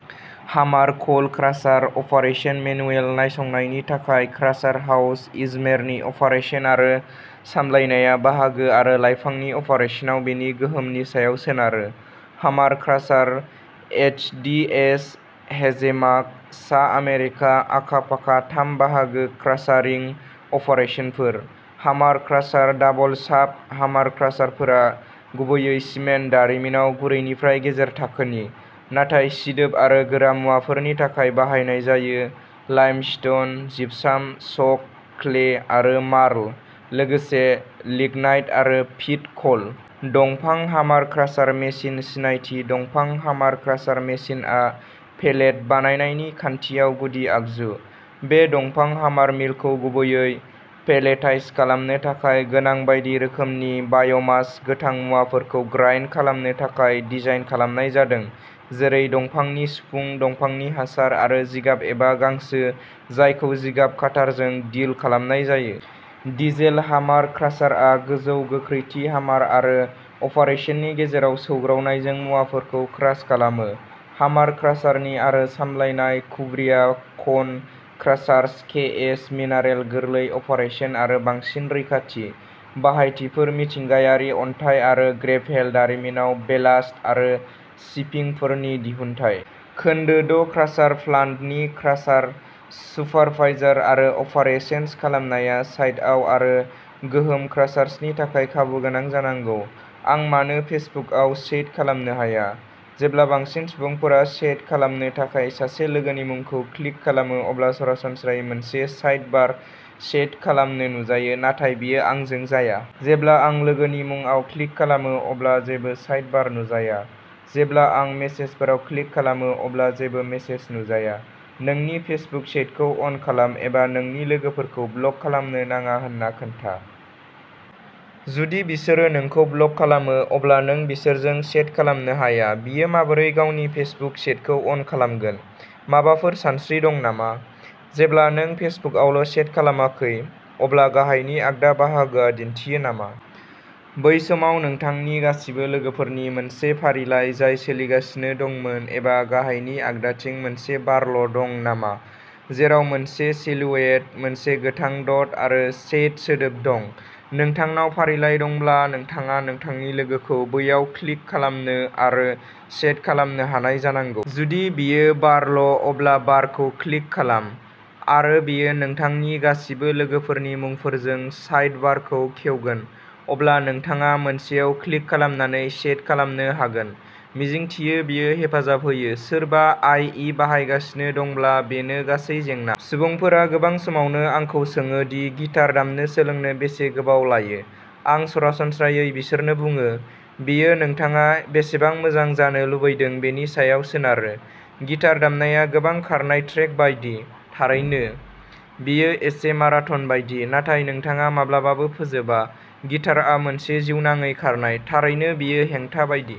Hammer coal crusher operation manual नायसंनायनि थाखाय crusher house इजमेरनि operation आरो सामलायनाया बाहागो आरो लाइफांनि अपारेसनाव बेनि गोहोमनि सायाव सोनारो। हामार क्रासार एइचडिएस हेजेमाग सा आमेरिका आखा-फाखा थाम बाहागो क्रासारिं अपारेसनफोर। हामार क्रासार डाबल-शाफ्ट हामार क्रासारफोरा गुबैयै सिमेन्ट दारिमिनाव गुरैनिफ्राय गेजेर थाखोनि, नाथाय सिदोब आरो गोरा मुवाफोरनि थाखाय बाहायनाय जायो लाइमस्टोन, जिपसाम, चक, क्ले आरो मार्ल, लोगोसे लिग्नाइट आरो पिट क'ल। दंफां हामार क्रासार मेसिन सिनायथि दंफां हामार क्रासार मेसिनआ पेलेट बानायनायनि खान्थियाव गुदि आगजु। बे दंफां हामार मिलखौ गुबैयै पेलेटाइज खालामनो थाखाय गोनां बायदि रोखोमनि बाय'मास गोथां मुवाफोरखौ ग्राइन्ड खालामनो थाखाय डिजाइन खालामनाय जादों, जेरै दंफांनि सिफुं, दंफांनि हासार, आरो जिगाब एबा गांसो जायखौ जिगाब काटारजों डिल खालामनाय जायो। डिजेल हामार क्रासार आ गोजौ गोख्रैथि हामार आरो अपारेसननि गेजेराव सौग्रावनायजों मुवाफोरखौ क्रास खालामो। हामार क्रासारनि आरो सामलायनाय कुब्रिया कन क्रासार्स केएच मिनारेल गोरलै अपारेसन आरो बांसिन रैखाथि। बाहायथिफोर मिथिंगायारि अन्थाइ आरो ग्रेभेल दारिमिनाव बेलास्ट आरो चिपिंफोरनि दिहुनथाय। खोन्दो द' क्रासार प्लान्टनि क्रासार सुपारभाइजार आरो अपारेशन्स सामलायनाया साइटआव आरो गोहोम क्रासार्स नि थाखाय खाबुगोनां जानांगौ। आं मानो फेसबुकआव चैट खालामनो हाया? जेब्ला बांसिन सुबुंफोरा चैट खालामनो थाखाय सासे लोगोनि मुंखौ क्लिक खालामो अब्ला सरासनस्रायै मोनसे साइड बार चैट खालामनो नुजायो नाथाय बेयो आंजों जाया। जेब्ला आं लोगोनि मुंआव क्लिक खालामो, अब्ला जेबो साइड बार नुजाया। जेब्ला आं मेसेजफोराव क्लिक खालामो अब्ला जेबो मेसेज नुजाया। नोंनि फेसबुक चैटखौ अन खालाम एबा नोंनि लोगोफोरखौ ब्लक खालामनो नाङा होनना खोन्था। जुदि बिसोरो नोंखौ ब्लक खालामो अब्ला नों बिसोरजों चैट खालामनो हाया बियो माबोरै गावनि फेसबुक चैटखौ अन खालामगोन? माबाफोर सानस्रि दं नामा? जेब्ला नों फेसबुकआवल' चैट खालामाखै, अब्ला गाहायनि आगदा बाहागोआ दिन्थियो नामा? बै समाव नोंथांनि गासिबो लोगोफोरनि मोनसे फारिलाइ जाय सोलिगासिनो दंमोन एबा गाहायनि आगदाथिं मोनसे बारल' दं नामा जेराव मोनसे सिलुएट, मोनसे गोथां द'ट आरो चैट सोदोब दं नोंथांनाव फारिलाइ दंब्ला, नोंथाङा नोंथांनि लोगोखौ बैयाव क्लिक खालामनो आरो चैट खालामनो हानाय जानांगौ। जुदि बेयो बारल अब्ला बारखौ क्लिक खालाम आरो बेयो नोंथांनि गासिबो लोगोफोरनि मुंफोरजों साइडबारखौ खेवगोन। अब्ला नोंथाङा मोनसेयाव क्लिक खालामनानै चैट खालामनो हागोन। मिजिंथियो बेयो हेफाजाब होयो। सोरबा आइ इ बाहायगासिनो दंब्ला, बेनो गासै जेंना। सुबुंफोरा गोबां समावनो आंखौ सोङो दि गिटार दामनो सोलोंनो बेसे गोबाव लायो। आं सरासनस्रायै बिसोरनो बुङो, बेयो नोंथाङा बेसेबां मोजां जानो लुबैदों बेनि सायाव सोनारो। गिटार दामनाया गोबां खारनाय ट्रेक बायदि। थारैनो। बेयो एसे मारथान बायदि, नाथाय नोंथाङा माब्लाबाबो फोजोबा। गिटारआ मोनसे जिउनाङै खारनाय। थारैनो बेयो हेंथा बायदि।